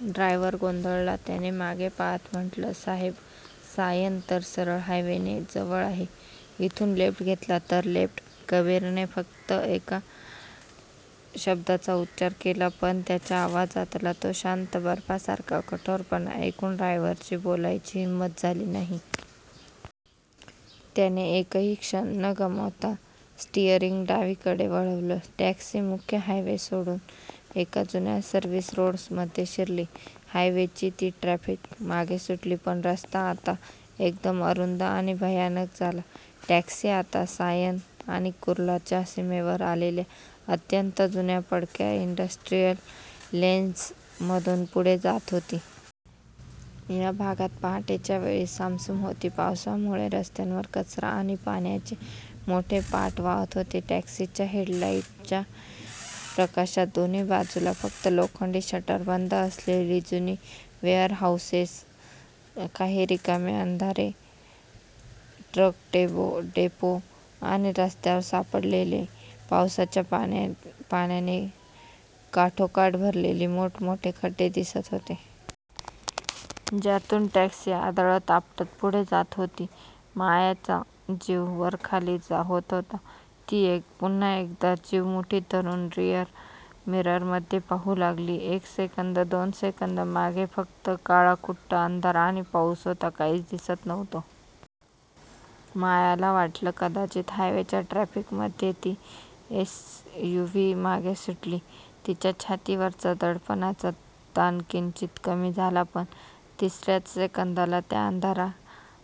Driver गोंधळला, त्याने मागे पाहत म्हटलं, साहेब, सायन तर सरळ हायवेने जवळ आहे, इथून लेफ्ट घेतला तर" "लेफ्ट. " कबीरने फक्त एका शब्दाचा उच्चार केला. पण त्याच्या आवाजातला तो शांत, बर्फासारखा कठोरपणा ऐकून ड्रायव्हरची बोलायची हिंमत झाली नाही. त्याने एकही क्षण न गमावता स्टीअरिंग डावीकडे वळवलं. टॅक्सी मुख्य हायवे सोडून एका जुन्या सर्व्हिस रोडमध्ये शिरली. हायवेची ती ट्रॅफिक मागे सुटली, पण रस्ता आता एकदम अरुंद आणि भयानक झाला. टॅक्सी आता सायन आणि कुर्लाच्या सीमेवर असलेल्या अत्यंत जुन्या, पडक्या इंडस्ट्रियल लेन्स मधून पुढे जात होती. या भागात पहाटेच्या वेळी सामसूम होती. पावसामुळे रस्त्यांवर कचरा आणि पाण्याचे मोठे पाट वाहत होते. टॅक्सीच्या हेडलाईटच्या प्रकाशात दोन्ही बाजूला फक्त लोखंडी शटर बंद असलेली जुनी वेअरहाउसेस, काही रिकामे, अंधारे ट्रक डेपो आणि रस्त्यावर पडलेले पावसाच्या पाण्याने काठोकाठ भरलेले मोठ-मोठे खड्डे दिसत होते. ज्यातून टॅक्सी आदळत-आपटत पुढे जात होती. मायाचा जीव वरखाली होत होता. ती पुन्हा एकदा जीव मुठीत धरून रिअर मिररमध्ये पाहू लागली. एक सेकंद, दोन सेकंद, मागे फक्त काळाकुट्ट अंधार आणि पाऊस होता. काहीच दिसत नव्हतं. मायाला वाटलं कदाचित हायवेच्या ट्रॅफिकमध्ये ती एसयूव्ही मागे सुटली. तिच्या छातीवरचा दडपणाचा ताणकिंचित कमी झाला, पण, तिसऱ्याच सेकंदाला, त्या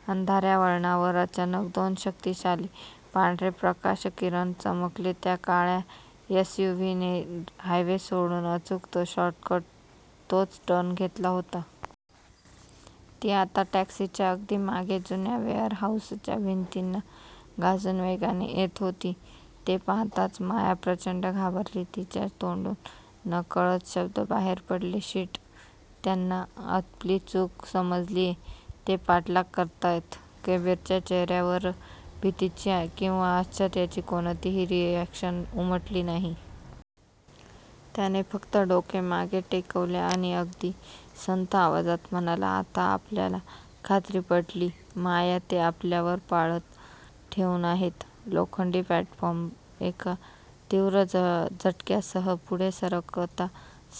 अंधाऱ्या वळणावर अचानक दोन शक्तिशाली पांढरे प्रकाशकिरण चमकले. त्या काळ्या एसयूव्हीने हायवे सोडून अचूक तोच शॉर्टकट, तोच टर्न घेतला होता. ती आता टॅक्सीच्या अगदी मागे, जुन्या वेअरहाउसच्या भिंतींना घासून वेगाने येत होती. ते पाहताच माया प्रचंड घाबरली. तिच्या तोंडून नकळत शब्द बाहेर पडले, "शिट, त्यांना आपली चूक समजलीये. ते पाठलाग करतायत. " कबीरच्या चेहऱ्यावर भीतीची किंवा आश्चर्याची कोणतीही रिअॅक्शन उमटली नाही. त्याने फक्त डोके मागे टेकवले आणि अगदी संथ आवाजात म्हणाला, "आता आपल्याला खात्री पटली, माया. ते आपल्यावर पाळत ठेवून आहेत. लोखंडी प्लॅटफॉर्म एका तीव्र झटक्यासह पुढे सरकता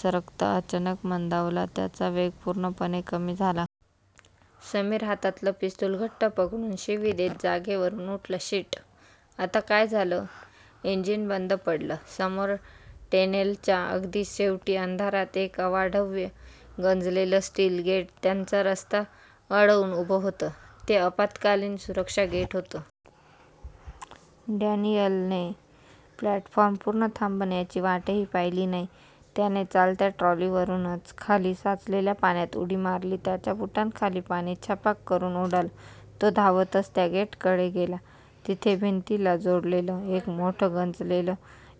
सरकता अचानक मंदावला. त्याचा वेग पूर्णपणे कमी झाला. समीर हातातलं पिस्तूल घट्ट पकडून शिवी देत जागेवरून उठला, "शिट! आता काय झालं? इंजिन बंद पडलं? " समोर टनेलच्या अगदी शेवटी, अंधारात एक अवाढव्य, गंजलेलं स्टील गेट त्यांचा रस्ता अडवून उभं होतं. ते आपत्कालीन सुरक्षा गेट होतं. डॅनियलने प्लॅटफॉर्म पूर्ण थांबण्याची वाटही पाहिली नाही; त्याने चालत्या ट्रॉलीवरूनच खाली साचलेल्या पाण्यात उडी मारली. त्याच्या बुटांखाली पाणी छपाक करून उडालं. तो धावतच त्या गेटकडे गेला. तिथे भिंतीला जोडलेलं एक मोठं, गंजलेलं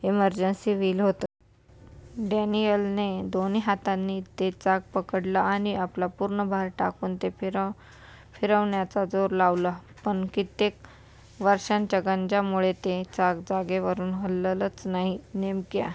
इमर्जन्सी व्हील होतं. डॅनियलने दोन्ही हातांनी ते चाक पकडलं आणि आपला पूर्ण भार टाकून ते फिरवण्याचा जोर लावला. पण कित्येक वर्षांच्या गंज्यामुळे ते चाक जागेवरून हललंच नाही. नेमक्या--